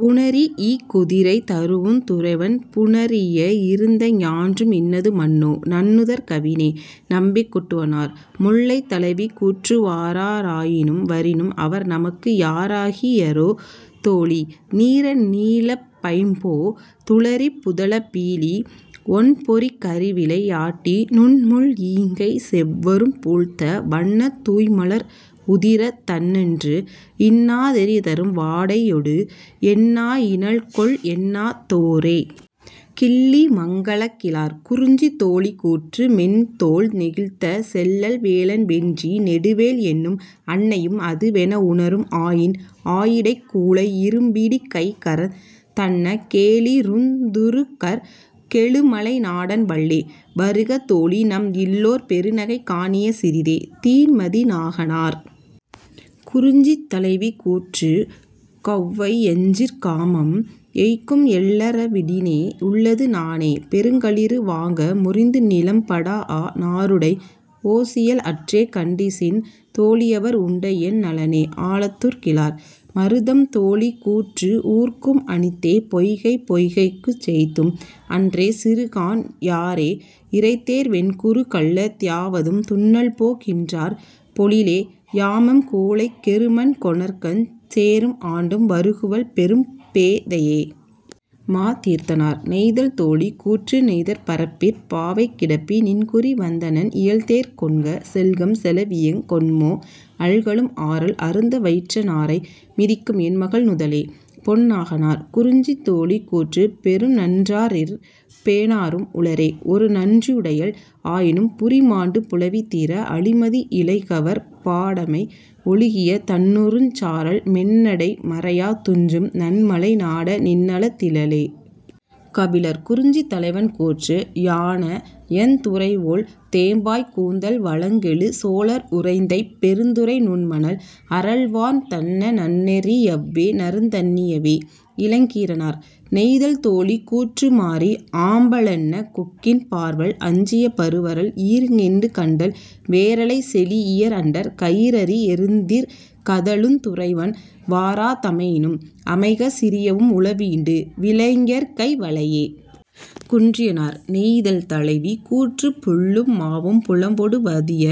புணரி இகுதிரை தரூஉந் துறைவன் புணரிய இருந்த ஞான்றும் இன்னது மன்னோ நன்னுதற் கவினே. -நம்பி குட்டுவனார்.. முல்லை தலைவி கூற்று வாரா ராயினும் வரினும் அவர்நமக்கு யாரா கியரோ தோழி நீர நீலப் பைம்போ துளரிப் புதல பீலி ஒண்பொறிக் கருவிளை யாட்டி நுண்முள் ஈங்கைச் செவ்வரும் பூழ்த்த வண்ணத் துய்ம்மலர் உதிரத் தண்ணென்று இன்னா தெறிதரும் வாடையொடு என்னா யினள்கொல் என்னா தோரே. -கிள்ளிமங்கலங்கிழார்.. குறிஞ்சி தோழி கூற்று மென்தோள் நெகிழ்த்த செல்லல் வேலன் வென்றி நெடுவேள் என்னும் அன்னையும் அதுவென உணரும் ஆயின் ஆயிடைக் கூழை இரும்பிடிக் கைகரந் தன்ன கேழிருந் துறுகற் கெழுமலை நாடன் வல்லே வருக தோழிநம் இல்லோர் பெருநகை காணிய சிறிதே. -தீன்மதி நாகனார்.. குறிஞ்சி தலைவி கூற்று கௌவை யஞ்சிற் காமம் எய்க்கும் எள்ளற விடினே உள்ளது நாணே பெருங்களிறு வாங்க முரிந்துநிலம் படாஅ நாருடை ஒசியல் அற்றே கண்டிசின் தோழியவர் உண்டஎன் நலனே. -ஆலத்தூர் கிழார்.. மருதம் தோழி கூற்று ஊர்க்கும் அணித்தே பொய்கை பொய்கைக்குச் சேய்த்தும் அன்றே சிறுகான் யாறே இரைதேர் வெண்குரு கல்ல தியாவதும் துன்னல்போ கின்றாற் பொழிலே யாமெம் கூழைக் கெருமண் கொணர்கஞ் சேறும் ஆண்டும் வருகுவள் பெரும்பே தையே. -மாதீர்த்தனார்.. நெய்தல் தோழி கூற்று நெய்தற் பரப்பிற் பாவை கிடப்பி நின்குறி வந்தனென் இயல்தேர்க் கொண்க செல்கம் செலவியங் கொண்மோ அல்கலும் ஆரல் அருந்த வயிற்ற நாரை மிதிக்கும் என்மகள் நுதலே. -பொன்னாகனார்.. குறிஞ்சி தோழி கூற்று பெருநன் றாற்றிற் பேணாரும் உளரே ஒருநன் றுடையள் ஆயினும் புரிமாண்டு புலவி தீர அளிமதி இலைகவர் பாடமை ஒழுகிய தண்ணறுஞ் சாரல் மென்னடை மரையா துஞ்சும் நன்மலை நாட நின்னல திலளே. -கபிலர்.. குறிஞ்சி தலைவன் கூற்று யானயந் துறைவோள் தேம்பாய் கூந்தல் வளங்கெழு சோழர் உறந்தைப் பெருந்துறை நுண்மணல் அறல்வார்ந் தன்ன நன்னெறி யவ்வே நறுந்தண் ணியவே. -இளங்கீரனார்.. நெய்தல் தோழி கூற்று மாரி ஆம்ப லன்ன கொக்கின் பார்வல் அஞ்சிய பருவரல் ஈர்ஞெண்டு கண்டல் வேரளைச் செலீஇயர் அண்டர் கயிறரி யெருத்திற் கதழுந் துறைவன் வாரா தமையினும் அமைக சிறியவும் உளவீண்டு விலைஞர்கை வளையே. -குன்றியனார்.. நெய்தல் தலைவி கூற்று புள்ளும் மாவும் புலம்பொடு வதிய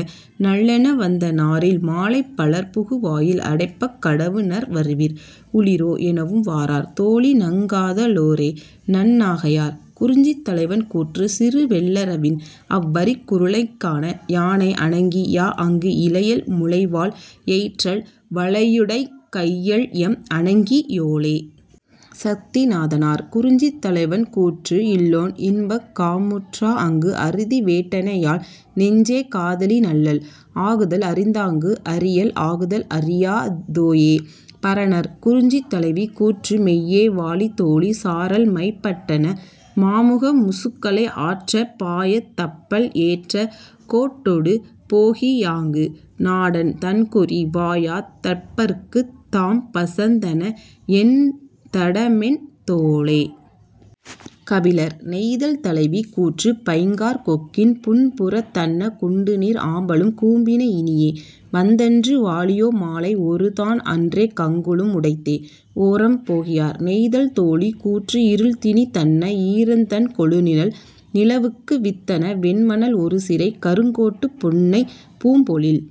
நள்ளென வந்த நாரில் மாலைப் பலர்புகு வாயில் அடைப்பக் கடவுநர் வருவீர் உளீரோ எனவும் வாரார் தோழிநங் காத லோரே. -நன்னாகையார்.. குறிஞ்சி தலைவன் கூற்று சிறுவெள் ளரவின் அவ்வரிக் குருளை கான யானை அணங்கி யாஅங்கு இளையள் முளைவாள் எயிற்றள் வளையுடைக் கையள்எம் அணங்கி யோளே. -சத்திநாதனார்.. குறிஞ்சி தலைவன் கூற்று இல்லோன் இன்பங் காமுற் றாஅங்கு அரிதுவேட் டனையால் நெஞ்சே காதலி நல்லள் ஆகுதல் அறிந்தாங்கு அரியள் ஆகுதல் அறியா தோயே. -பரணர்.. குறிஞ்சி தலைவி கூற்று மெய்யே வாழி தோழி சாரல் மைபட் டன்ன மாமுக முசுக்கலை ஆற்றப் பாயாத் தப்பல் ஏற்ற கோட்டொடு போகி யாங்கு நாடன் தான்குறி வாயாத் தப்பற்குத் தாம்பசந் தனஎன் தடமென் தோளே. -கபிலர்.. நெய்தல் தலைவி கூற்று பைங்காற் கொக்கின் புன்புறத் தன்ன குண்டுநீர் ஆம்பலும் கூம்பின இனியே வந்தன்று வாழியோ மாலை ஒருதான் அன்றே கங்குலும் உடைத்தே. -ஓரம் போகியார்.. நெய்தல் தோழி கூற்று இருள்திணிந் தன்ன ஈர்ந்தண் கொழுநிழல் நிலவுக்குவித் தன்ன வெண்மணல் ஒருசிறைக் கருங்கோட்டுப் புன்னைப் பூம்பொழில்